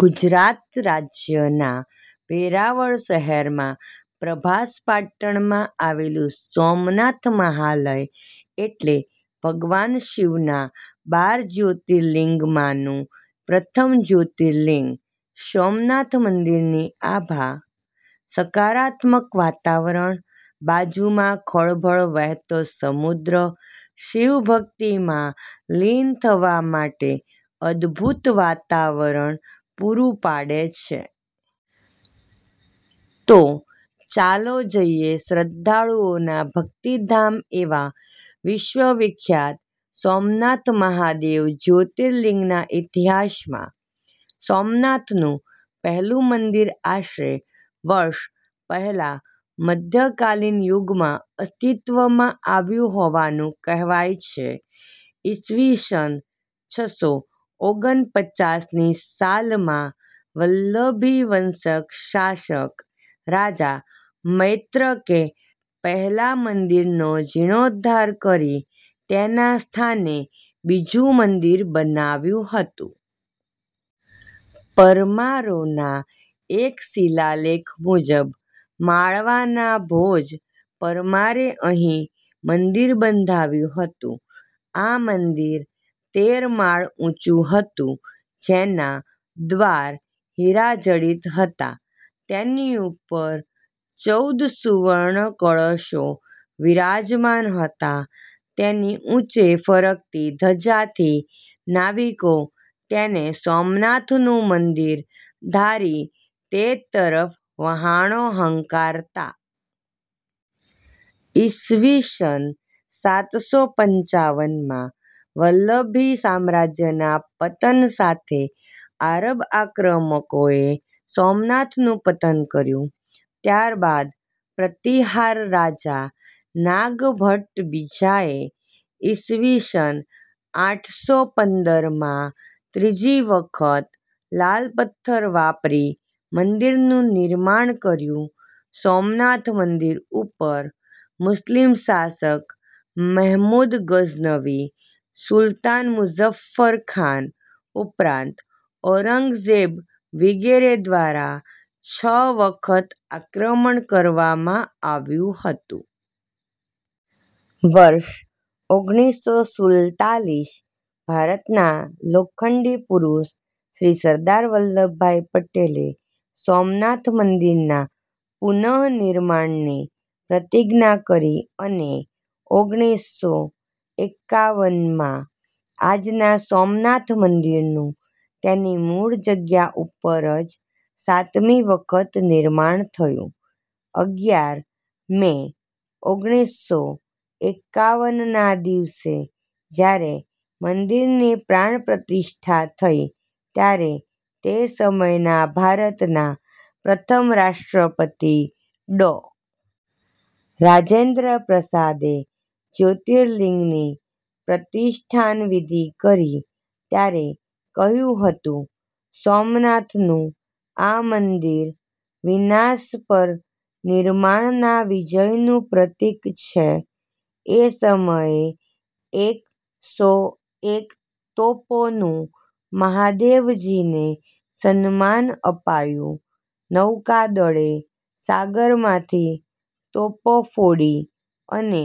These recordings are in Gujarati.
ગુજરાત રાજ્યના વેરાવળ શહેરમાં પ્રભાસ પાટણમાં આવેલું સોમનાથ મહાલય, એટલે ભગવાન શિવના બાર જ્યોતિર્લિંગમાંનું પ્રથમ જ્યોતિર્લિંગ. સોમનાથ મંદિરની આભા, સકારાત્મક વાતાવરણ, બાજુમાં ખળભળ વહેતો સમુદ્ર શિવભક્તિમાં લીન થવા માટે અદ્ભુત વાતાવરણ પૂરું પાડે છે. તો ચાલો જઈએ શ્રદ્ધાળુઓના ભક્તિ ધામ એવા વિશ્વવિખ્યાત સોમનાથ મહાદેવ જ્યોર્તિલિંગના ઈતિહાસમાં.. સોમનાથનું પહેલું મંદિર આશરે વર્ષ પહેલાં મધ્ય કાલીન યુગમાં અસ્તિત્વમાં આવ્યું હોવાનું કહેવાય છે. ઈસ વીસન છસો ઓગનપચાસ ની સાલમાં વલ્લભીવંશના શાસક રાજા મૈત્રકે પહેલા મંદિરનો જીર્ણોદ્ધાર કરી તેના સ્થાને બીજુ મંદિર બનાવ્યું હતું. પરમારોના એક શિલાલેખ મુજબ માળવાના ભોજ પરમારે અહીં મંદિર બંધાવ્યું હતું. આ મંદિર તેર માળ ઊંચું હતું જેના દ્વાર હીરાજડિત હતા. તેની ઉપર ચૌદ સુવર્ણ કળશો વિરાજમાન હતા. તેની ઊંચે ફરકતી ધજાથી નાવિકો તેને સોમનાથનું મંદિર ધારી તે તરફ વહાણો હંકારતા. ઈસ વીસન સાતસો પંચાવન માં વલ્લભી સામ્રાજ્યના પતન સાથે આરબ આક્રમકોએ સોમનાથનું પતન કર્યું. ત્યારબાદ પ્રતિહાર રાજા નાગ ભટ્ટ બીજાએ ઈસ વીસન આઠસોપંદર માં ત્રીજી વખત લાલ પથ્થર વાપરી મંદિરનું નિર્માણ કર્યું. સોમનાથ મંદિર ઉપર મુસ્લીમ શાશક મહેમુદ ગઝનવી, સુલતાન મુઝ્ઝફરખાન ઉપરાંત ઔરંગઝેબ વિગેરે દ્વારા છ વખત આક્રમણ કરવામાં આવ્યું હતું. વર્ષ ઓગણીસો સુલ્તાલીસ ભારતના લોખંડી પુરુષ શ્રી સરદાર વલ્લભભાઈ પટેલે સોમનાથ મંદિરના પુનઃનિર્માણની પ્રતિજ્ઞા કરી અને ઓગણીસો એકાવનમાં આજના સોમનાથ મંદિરનું તેની મૂળ જગ્યા ઉપર જ સાતમી વખત નિર્માણ થયું. અગિયાર મે ઓગણીસો એકાવન ના દિવસે જયારે મંદિરની પ્રાણ પ્રતિષ્ઠા થઈ ત્યારે તે સમયના ભારતના પ્રથમ રાષ્ટ્રપતિ ડૉ. રાજેન્દ્ર પ્રસાદે જ્યોર્તિલિંગની પ્રતિષ્ઠાન વિધિ કરી ત્યારે કહ્યું હતું- "સોમનાથનું આ મંદિર વિનાશ પર નિર્માણના વિજયનું પ્રતિક છે. એ સમયે એક સો એક તોપોનું મહાદેવજીને સન્માન અપાયું. નૌકાદળે સાગરમાંથી તોપો ફોડી અને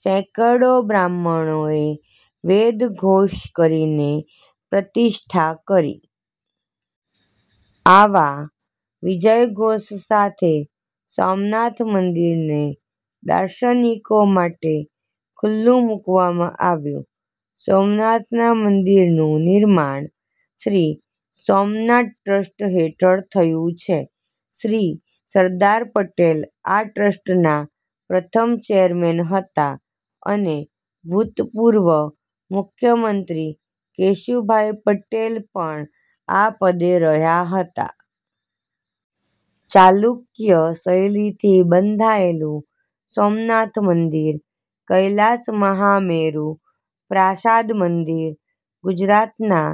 સેંકડો બ્રાહ્મણોએ વેદઘોષ કરીને પ્રતિષ્ઠા કરી. આવા વિજયઘોષ સાથે સોમનાથ મંદિરને દાર્શનિકો માટે ખુલ્લું મુકવામાં આવ્યું. સોમનાથ મંદિરનું નિર્માણ શ્રી સોમનાથ ટ્રસ્ટ હેઠળ થયું છે. શ્રી સરદાર પટેલ આ ટ્રસ્ટનાં પ્રથમ ચેરમેન હતાં અને ભુતપૂર્વ મુખ્યમંત્રી કેશુભાઈ પટેલ પણ આ પદે રહ્યા હતા. ચાલુક્ય શૈલીથી બંધાયેલું સોમનાથ મંદિર "કૈલાશ મહામેરુ પ્રાસાદ મંદિર: ગુજરાતના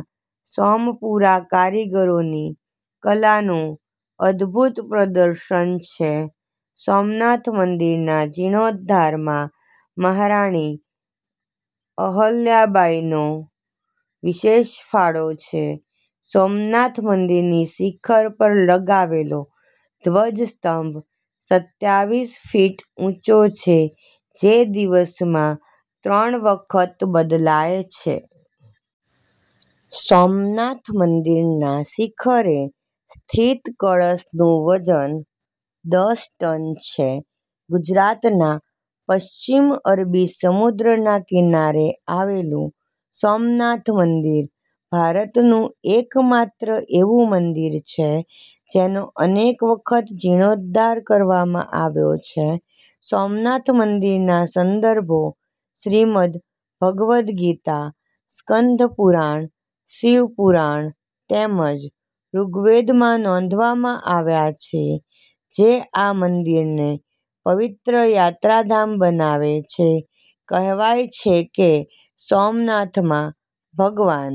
સોમપુરા કારીગરોની કલાનું અદ્ભુત પ્રદર્શન છે. સોમનાથ મંદિરના જીર્ણોદ્વારમાં મહારાણી અહલ્યાબાઈનો વિશેષ ફાળો છે. સોમનાથ મંદિરની શિખર પર લગાવેલો ધ્વજસ્તંભ સત્યાવીસ ફીટ ઉંચો છે, જે દિવસમાં ત્રણ વખત બદલાય છે. સોમનાથ મંદિરના શિખરે સ્થિત કળશનું વજન દસ ટન છે! ગુજરાતના પશ્ચિમ અરબી સમુદ્રના કિનારે આવેલું સોમનાથ મંદિર ભારતનું એકમાત્ર એવું મંદિર છે, જેનો અનેક વખત જીર્ણોદ્વાર કરવામાં આવ્યો છે. સોમનાથ મંદિરના સંદર્ભો શ્રીમદ ભગવદ્ગીતા, સ્કંધપુરાણ, શિવ પુરાણ તેમજ ઋગ્વેદમાં નોંધવામાં આવ્યા છે, જે આ મંદિરને પવિત્ર યાત્રાધામ બનાવે છે. કહેવાય છે કે સોમનાથમાં ભગવાન